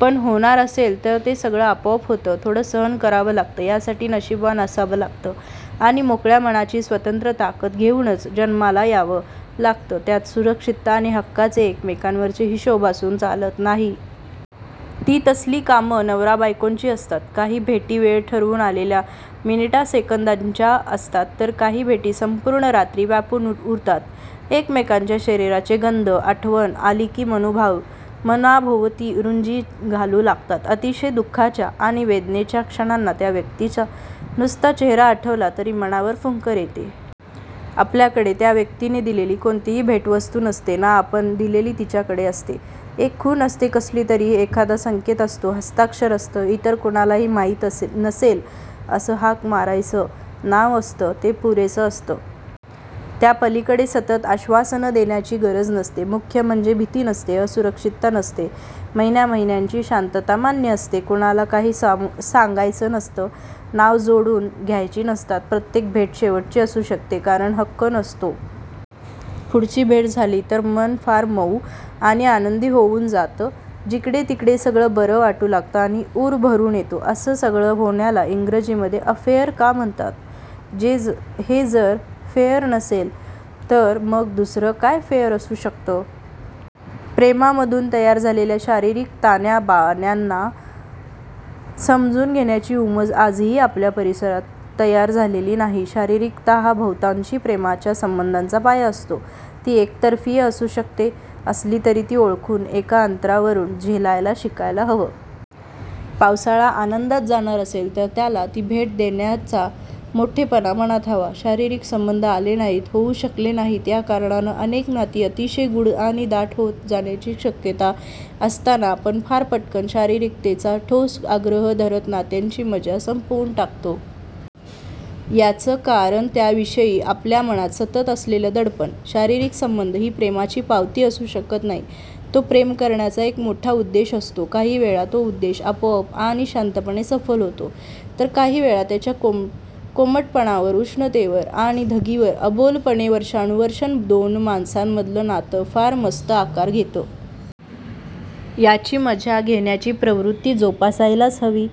पण होणार असेल तर ते सगळं आपोआप होतं. थोडं सहन करावं लागतं. यासाठी नशीबवान असावं लागतं आणि मोकळ्या मनाची स्वतंत्र ताकद घेऊनच जन्माला यावं लागतं. त्यात सुरक्षितता आणि हक्काचे एकमेकांवरचे हिशोब असून चालत नाही. ती तसली कामं नवराबायकोंची असतात. काही भेटी वेळ ठरवून आलेल्या मिनिटासेकंदाच्या असतात, तर काही भेटी संपूर्ण रात्री व्यापून उरतात. एकमेकांच्या शरीराचे गंध आठवण आली की मनाभोवती रुंजी घालू लागतात. अतिशय दुःखाच्या आणि वेदनेच्या क्षणांना त्या व्यक्तीचा नुसता चेहरा आठवला तरी मनावर फुंकर येते. आपल्याकडे त्या व्यक्तीनं दिलेली कोणतीही भेटवस्तू नसते, ना आपण दिलेली तिच्याकडे असते. एक खूण असते कसलीतरी. एखादा संकेत असतो. हस्ताक्षर असतं. इतर कुणालाही माहीत नसेल असं हाक मारायचं नाव असतं. ते पुरेसं असतं. त्या पलीकडे सतत आश्वासनं देण्याची गरज नसते. मुख्य म्हणजे भीती नसते. असुरक्षितता नसते. महिन्यामहिन्यांची शांतता मान्य असते. कुणाला काही सांगायचं नसतं. नावं जोडून घ्यायची नसतात. प्रत्येक भेट शेवटची असू शकते. कारण हक्क नसतो. पुढची भेट झाली तर मन फार मऊ आणि आनंदी होऊन जातं. जिकडेतिकडे सगळं बरं वाटू लागतं आणि ऊर भरून येतो. असं सगळं होण्याला इंग्रजीमध्ये अफेअर का म्हणतात? हे जर फेअर नसेल तर मग दुसरं काय फेअर असू शकतं? प्रेमामधून तयार झालेल्या शारीरिक ताण्याबाण्यांना समजून घेण्याची उमज आजही आपल्या परिसरात तयार झालेली नाही. शारीरिकता हा बहुतांशी प्रेमाच्या संबंधाचा पाया असतो. ती एकतर्फीही असू शकते. असली तरी ती ओळखून एका अंतरावरून झेलायला शिकायला हवं. पावसाळा आनंदात जाणार असेल तर त्याला ती भेट देण्याचा मोठेपणा मनात हवा. शारीरिक संबंध आले नाहीत, होऊ शकले नाहीत या कारणानं अनेक नाती अतिशय गूढ आणि दाट होत जाण्याची शक्यता असताना आपण फार पटकन शारीरिकतेचा ठोस आग्रह धरत नात्यांची मजा संपवून टाकतो. याचं कारण त्याविषयी आपल्या मनात सतत असलेलं दडपण. शारीरिक संबंध ही प्रेमाची पावती असू शकत नाही. तो प्रेम करण्याचा एक मोठा उद्देश असतो. काही वेळा तो उद्देश आपोआप आणि शांतपणे सफल होतो तर काही वेळा त्याच्या कोमटपणावर, उष्णतेवर आणि धगीवर अबोलपणे वर्षानुवर्षं दोन माणसांमधलं नातं फार मस्त आकार घेतं. याची मजा घेण्याची प्रवृत्ती जोपासायलाच हवी.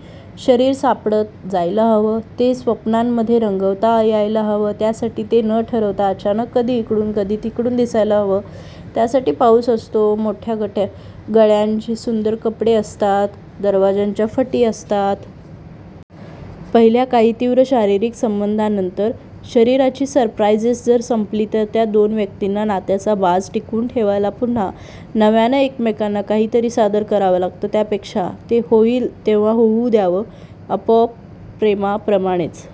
शरीर सापडत जायला हवं. ते स्वप्नांमध्ये रंगवता यायला हवं. त्यासाठी ते न ठरवता अचानक कधी इकडून कधी तिकडून दिसायला हवं. त्यासाठी पाऊस असतो, मोठ्या गळ्यांचे सुंदर कपडे असतात, दरवाज्यांच्या फटी असतात. पहिल्या काही तीव्र शारीरिक संबंधांनंतर, शरीराची सरप्राईझेस जर संपली तर त्या दोन व्यक्तींना नात्याचा बाज टिकवून ठेवायला पुन्हा नव्यानं एकमेकांना काहीतरी सादर करावं लागतं. त्यापेक्षा ते होईल तेव्हा होऊ द्यावं. आपोआप. प्रेमाप्रमाणेच